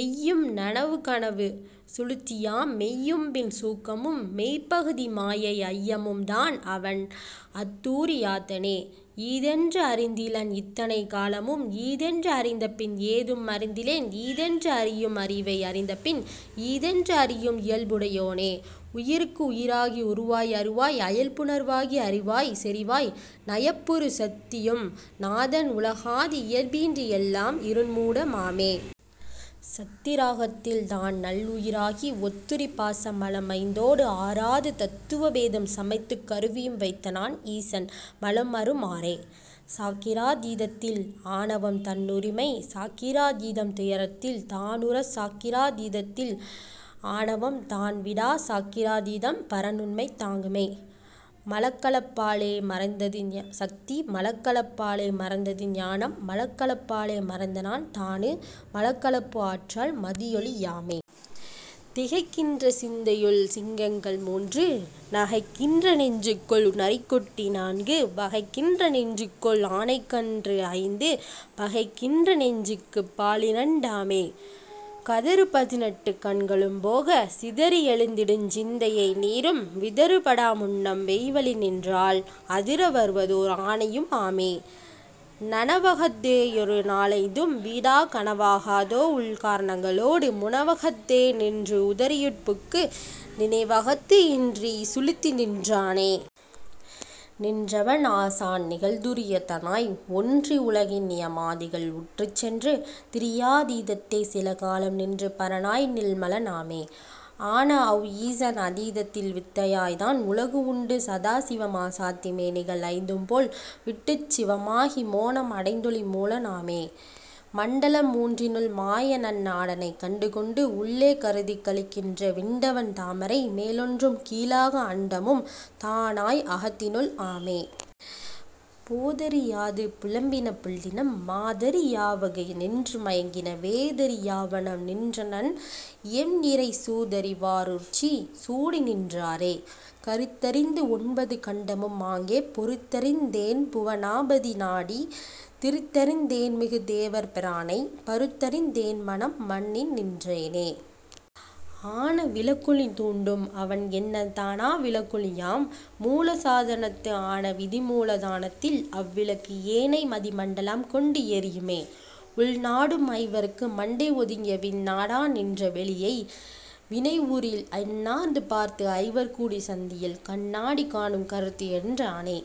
எய்யும் நனவு கனவு சுழுத்தியாம் மெய்யும்பின் சூக்கமும் மெய்ப்பகுதி மாயை ஐயமும் தான்அவன் அத்தூரி யாத்தனே. ஈதென்று அறிந்திலன் இத்தனை காலமும் ஈதென்று அறிந்தபின் ஏதும் அறிந்திலேன் ஈதென்று அறியும் அறிவை அறிந்தபின் ஈதென்று அறியும் இயல்புடை யோனே. உயிர்க்குஉயி ராகி உருவாய் அருவாய் அயல்புணர் வாகி அறிவாய்ச் செறிவாய் நயப்புறு சத்தியம் நாதன் உலகாதி இயற்பின்றி எல்லாம் இருண்மூட மாமே. சத்தி இராகத்தில் தான்நல் உயிராகி ஒத்துறி பாச மலம்ஐந்தோடு ஆறாது தத்துவ பேதம் சமைத்துக் கருவியும் வைத்தனான் ஈசன் மலம்அறு மாறே. சாக்கிரா தீதத்தில் ஆணவம் தன்னுரிமை சாக்கிரா தீதம் துரியத்தில் தானுறச் சாக்கிரா தீதத்தில் ஆணவம் தான்விடாச் சாக்கிரா தீதம் பரன்உண்மை தாங்குமே. மலக்கலப் பாலே மறைந்தது சத்தி மலக்கலப் பாலே மறந்தது ஞானம் மலக்கலப் பாலே மறந்தனான் தாணு மலக்கலப்பு அற்றால் மதியொளி யாமே. திகைக்கின்ற சிந்தையுள் சிங்கங்கள் மூன்று நகைக்கின்ற நெஞ்சுகுள் நரிக்குட்டி நான்கு வகைக்கின்ற நெஞ்சுகுள் ஆனைக்கன்று ஐந்து பகைக்கின்ற நெஞ்சுக்குப் பாலிரண் டாமே. கதறு பதினெட்டுக் கண்களும் போகச் சிதறி எழுந்திடுஞ் சிந்தையை நீரும் விதறு படாமுன்னம் மெய்வழி நின்றால் அதிர வருவதோர் ஆனையும் ஆமே. நனவகத் தேயொரு நாலைந்தும் வீடாக் கனவாகாத் தோஉள் கரணங்க ளோடு முனவகத் தேநின்று உதறியுட் புக்கு நினைவகத்து இன்றிச் சுழுத்திநின் றானே. நின்றவன் ஆசான் நிகழ்துரி யத்தனாய் ஒன்றி உலகின் நியமாதிகள் உற்றுச் சென்று தியாதீ தத்தே சிலகாலம் நின்று பரனாய் நின்மல னாமே. ஆனஅவ் ஈசன் அதீதத்தில் வித்தையாத் தான்உலகு உண்டு சதாசிவ மாசாத்தி மேனிகள் ஐந்தும்போல் விட்டுச் சிவமாகி மோனம் அடைந்தொளி மூலத் னாமே. மண்டலம் மூன்றினுள் மாயநன் நாடனைக் கண்டுகொண்டு உள்ளே கருதிக் கழிகின்ற விண்டவர் தாமரை மேலொன்றும் கீழாக அண்டமும் தானாய் அகத்தினுள் ஆமே. போதறி யாது புலம்பின புள்ளினம் மாது அறி யாவகை நின்று மயங்கின வேதுஅறி யாவணம் நின்றனன் எம்இறை சூதறி வாருச்சி சூடிநின் றாரே. கருத்தறிந்து ஒன்பது கண்டமும் ஆங்கே பொருந்தறிந் தேன்புவ னாபதி நாடித் திருத்தறிந் தேன்மிகு தேவர் பிரானை பருத்தறிந் தேன்மனம் மன்னிநின் றேனே. ஆன விளக்கொளி தூண்டும் அவன் என்னத் தான விளக்கொளி யாம்மூல சாதனத்து ஆன விதிமூலத் தானத்தில் அவ்விளக்கு ஏனை மதிமண்ட லம்கொண்டு எரியுமே. உள்நாடும் ஐவர்க்கு மண்டை ஓதுங்கிய விண்நாட நின்ற வெளியை வினவுறில் அண்ணாந்து பார்த்துஐவர் கூடிய சந்தியில் கண்நாடி காணும் கருத்ததுஎன் றானே.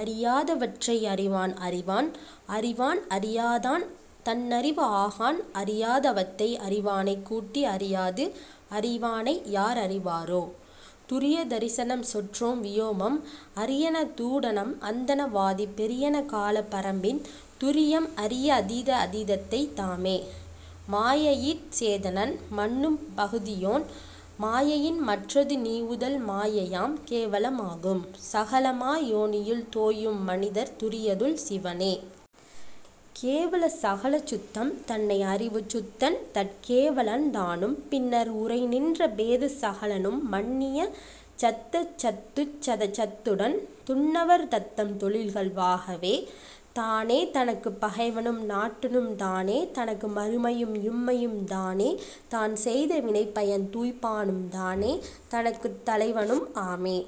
அறியாத வற்றை அறிவான் அறிவான் அறிவான் அறியாதான் தன்னறிவு ஆகான் அறியா தவத்தை அறிவானைக் கூட்டி அறியாது அறிவானை யார்அறிவாரோ. துரிய தரிசனம் சொற்றோம் வியோமம் அரியன தூடணம் அந்தண வாதி பெரியன கால பரம்பின் துரியம் அரிய அதீதம் அதீதத்த தாமே. மாயையிற் சேதனன் மன்னும் பகுதியோன் மாயையின் மற்றது நீவுதல் மாயையாம் கேவல மாகும் சகலமா யோனியுள் தோயும் மனிதர் துரியத்துள் சீவனே.. கேவல சகல சுத்தம் தன்னை அறிவுசுத்தன் தற்கேவ லன்தானும் பின்னம் உறநின்ற பேத சகலனும் மன்னிய சத்தசத் துச்சத சத்துடன் துன்னவர் தத்தம் தொழில்கள் வாகவே. தானே தனக்குப் பகைவனும் நாட்டனும் தானே தனக்கு மறுமையும் இம்மையும் தானே தான்செய்த வினைப்பயன் துய்ப்பானும் தானே தனக்குத் தலைவனும் ஆமே.